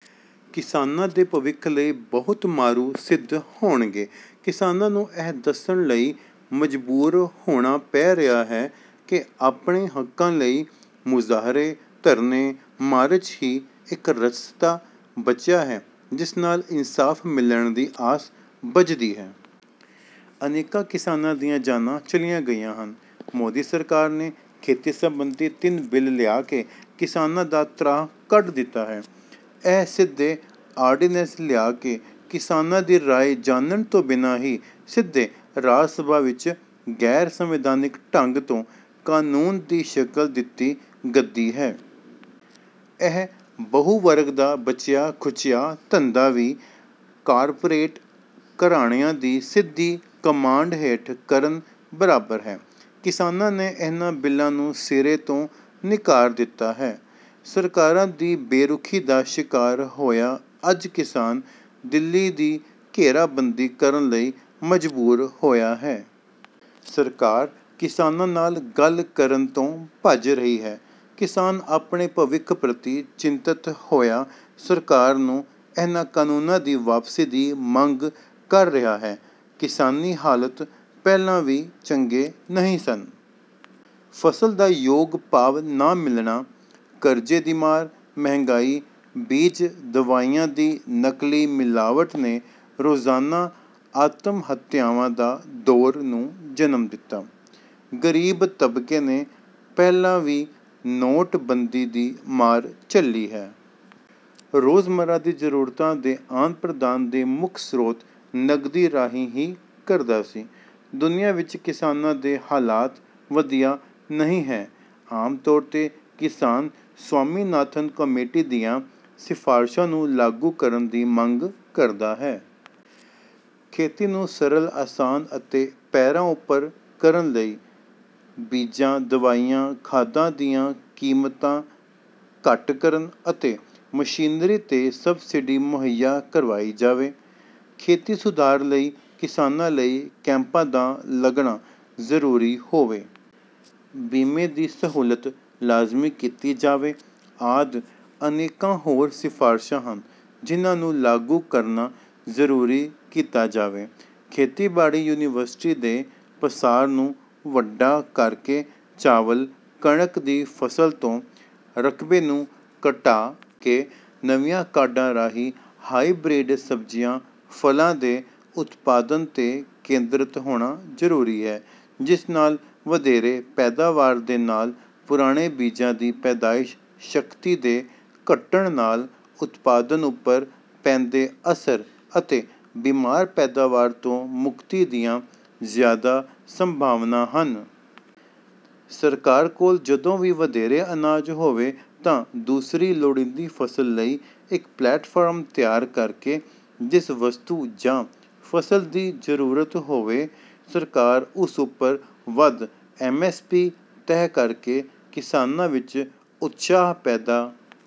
ਕਿਸਾਨਾਂ ਦੇ ਭਵਿੱਖ ਲਈ ਬਹੁਤ ਮਾਰੂ ਸਿੱਧ ਹੋਣਗੇ। ਕਿਸਾਨਾਂ ਨੂੰ ਇਹ ਦੱਸਣ ਲਈ ਮਜਬੂਰ ਹੋਣਾ ਪੈ ਰਿਹਾ ਹੈ ਕਿ ਆਪਣੇ ਹੱਕਾਂ ਲਈ ਮੁਜ਼ਾਹਰੇ, ਧਰਨੇ, ਮਾਰਚ ਹੀ ਇੱਕ ਰਸਤਾ ਬਚਿਆ ਹੈ ਜਿਸ ਨਾਲ ਇੰਨਸਾਫ ਮਿਲਣ ਦੀ ਆਸ ਬੱਝਦੀ ਹੈ। ਅਨੇਕਾਂ ਕਿਸਾਨਾਂ ਦੀਆਂ ਜਾਨਾਂ ਚਲੀਆਂ ਗਈਆਂ ਹਨ। ਮੋਦੀ ਸਰਕਾਰ ਨੇ ਖੇਤੀ ਸੰਬੰਧੀ ਤਿੰਨ ਬਿੱਲ ਲਿਆ ਕੇ ਕਿਸਾਨੀ ਦਾ ਤ੍ਰਾਹ ਕੱਢ ਦਿੱਤਾ ਹੈ। ਇਹ ਸਿੱਧੇ ਆਰਡੀਨੈਸ ਲਿਆ ਕੇ ਕਿਸਾਨਾਂ ਦੀ ਰਾਏ ਜਾਨਣ ਤੋਂ ਬਿਨਾਂ ਹੀ ਸਿੱਧੇ ਰਾਜ ਸਭਾ ਵਿੱਚ ਗੈਰ-ਸੰਵਿਧਾਨਿਕ ਢੰਗ ਤੋਂ ਕਾਨੂੰਨ ਦੀ ਸ਼ਕਲ ਦਿੱਤੀ ਗੱਦੀ ਹੈ। ਇਹ ਬਹੂ-ਵਰਗ ਦਾ ਬਚਿਆ ਖੁਚਿਆ ਧੰਦਾ ਵੀ ਕਾਰਪੋਰੇਟ ਘਰਾਣਿਆਂ ਦੀ ਸਿੱਧੀ ਕਮਾਂਡ ਹੇਠ ਕਰਨ ਬਰਾਬਰ ਹੈ। ਕਿਸਾਨਾਂ ਨੇ ਇਹਨਾ ਬਿੱਲਾਂ ਨੂੰ ਸਿਰੇ ਤੋਂ ਨਿਕਾਰ ਦਿੱਤਾ ਹੈ। ਸਰਕਾਰਾਂ ਦੀ ਬੇਰੁਖ਼ੀ ਦਾ ਸ਼ਿਕਾਰ ਹੋਇਆ ਅੱਜ ਕਿਸਾਨ ਦਿੱਲੀ ਦੀ ਘੇਰਾ ਬੰਦੀ ਕਰਨ ਲਈ ਮਜਬੂਰ ਹੋਇਆ ਹੈ। ਸਰਕਾਰ ਕਿਸਾਨਾਂ ਨਾਲ ਗੱਲ ਕਰਨ ਤੋਂ ਭੱਜ ਰਹੀ ਹੈ। ਕਿਸਾਨ ਆਪਣੇ ਭਵਿੱਖ ਪ੍ਰਤੀ ਚਿੰਤਤ ਹੋਇਆ ਸਰਕਾਰ ਨੂੰ ਇਹਨਾਂ ਕਾਨੂੰਨਾਂ ਦੀ ਵਾਪਸੀ ਦੀ ਮੰਗ ਕਰ ਰਿਹਾ ਹੈ, ਕਿਸਾਨੀ ਹਾਲਤ ਪਹਿਲਾ ਵੀ ਚੰਗੇ ਨਹੀਂ ਸਨ। ਫਸਲ ਦਾ ਯੋਗ ਭਾਅ ਨਾਂ ਮਿਲਣਾ, ਕਰਜ਼ੇ ਦੀ ਮਾਰ, ਮਹਿਗਾਈ, ਬੀਜ ਦਵਾਈਆਂ ਦੀ ਨਕਲੀ ਮਿਲਾਵਟ ਨੇ ਰੋਜ਼ਾਨਾ ਆਤਮਹੱਤਿਆਵਾਂ ਦਾ ਦੌਰ ਨੂੰ ਜਨਮ ਦਿੱਤਾ। ਗਰੀਬ ਤਬਕੇ ਨੇ ਪਹਿਲਾ ਵੀ ਨੋਟ ਬੰਦੀ ਦੀ ਮਾਰ ਝੱਲੀ ਹੈ। ਰੋਜ਼-ਮਰ੍ਹਾ ਦੀ ਜ਼ਰੂਰਤ ਦੇ ਆਨ ਪ੍ਰਦਾਨ ਦੇ ਮੁੱਖ ਸਰੋਤ ਨਗਦੀ ਰਾਹੀਂ ਹੀ ਕਰਦਾ ਸੀ। ਦੁਨਿਆ ਵਿੱਚ ਕਿਸਾਨਾਂ ਦੇ ਹਾਲਾਤ ਵਧੀਆ ਨਹੀਂ ਹੈ। ਆਮ ਤੌਰ ਤੇ ਕਿਸਾਨ ਸੁਆਮੀਨਾਥਨ ਕਮੇਟੀ ਦੀਆਂ ਸ਼ਿਫਾਰਸ਼ਾਂ ਨੂੰ ਲਾਗੂ ਕਰਨ ਦੀ ਮੰਗ ਕਰਦਾ ਹੈ। ਖੇਤੀ ਨੂੰ ਸਰਲ, ਆਸਾਨ ਅਤੇ ਪੈਰਾਂ ਉਪਰ ਕਰਨ ਲਈ ਬੀਜਾਂ, ਦਵਾਈਆਂ, ਖਾਦਾਂ ਦੀਆਂ ਕੀਮਤਾਂ ਘੱਟ ਕਰਨ, ਅਤੇ ਮਸ਼ੀਨਰੀ ਤੇ ਸਬਸਿਡੀ ਮੁਹੱਈਆ ਕਰਵਾਈ ਜਾਵੇ। ਖੇਤੀ ਸੁਧਾਰ ਲਈ ਕਿਸਾਨਾਂ ਲਈ ਕੈਂਪਾਂ ਦਾ ਲੱਗਣਾ ਜ਼ਰੂਰੀ ਹੋਵੇ। ਬੀਮੇ ਦੀ ਸਹੁੱਲਤ ਲਾਜ਼ਮੀ ਕੀਤੀ ਜਾਵੇ ਆਦਿ ਅਨੇਕਾਂ ਹੋਰ ਸ਼ਿਫਾਰਸ਼ਾ ਹਨ ਜਿੰਨਾਂ ਨੂੰ ਲਾਗੂ ਕਰਨਾ ਜ਼ਰੂਰੀ ਕੀਤਾ ਜਾਵੇ। ਖੇਤੀਬਾੜੀ ਯੂਨੀਵਰਸੀਟੀ ਦੇ ਪਸਾਰ ਨੂੰ ਵੱਡਾ ਕਰਕੇ ਚਾਵਲ, ਕਣਕ ਦੀ ਫਸਲ ਤੋ ਰਕਬੇ ਨੂੰ ਘਟਾ ਕੇ ਨਵੀਆਂ ਕਾਢਾਂ ਰਾਹੀਂ ਹਾਈਬਰੀਡ ਸਬਜੀਆਂ, ਫਲਾਂ ਦੇ ਉਤਪਾਦਨ ਤੇ ਕੇਂਦਰਤ ਹੋਣਾ ਜਰੂਰੀ ਹੈ ਜਿਸ ਨਾਲ ਵਧੇਰੇ ਪੈਦਾਵਾਰ ਦੇ ਨਾਲ ਪੁਰਾਣੇ ਬੀਜਾਂ ਦੀ ਪੈਦਾਇਸ ਸ਼ਕਤੀ ਦੇ ਘੱਟਣ ਨਾਲ ਉਤਪਾਦਨ ਉਪਰ ਪੈਂਦੇ ਅਸਰ ਅਤੇ ਬਿਮਾਰ ਪੈਦਾਵਾਰ ਤੋ ਮੁਕਤੀ ਦੀਆਂ ਜਿਆਦਾ ਸੰਭਾਵਨਾਵਾਂ ਹਨ। ਸਰਕਾਰ ਕੋਲ ਜਦੋ ਵੀ ਵਧੇਰੇ ਅਨਾਜ ਹੋਵੇ ਤਾਂ ਦੂਸਰੀ ਲੋੜੀਂਦੀ ਫਸਲ ਲਈ ਇਕ ਪਲੇਟਫਾਰਮ ਤਿਆਰ ਕਰਕੇ, ਜਿਸ ਵਸਤੂ ਜਾਂ ਫਸਲ ਦੀ ਜਰੂਰਤ ਹੋਵੇ ਸਰਕਾਰ ਉਸ ਉਪਰ ਵੱਧ ਐਮ ਐਸ ਪੀ ਤਹਿ ਕਰਕੇ ਕਿਸਾਨਾਂ ਵਿੱਚ ਉਤਸ਼ਾਹ ਪੈਦਾ...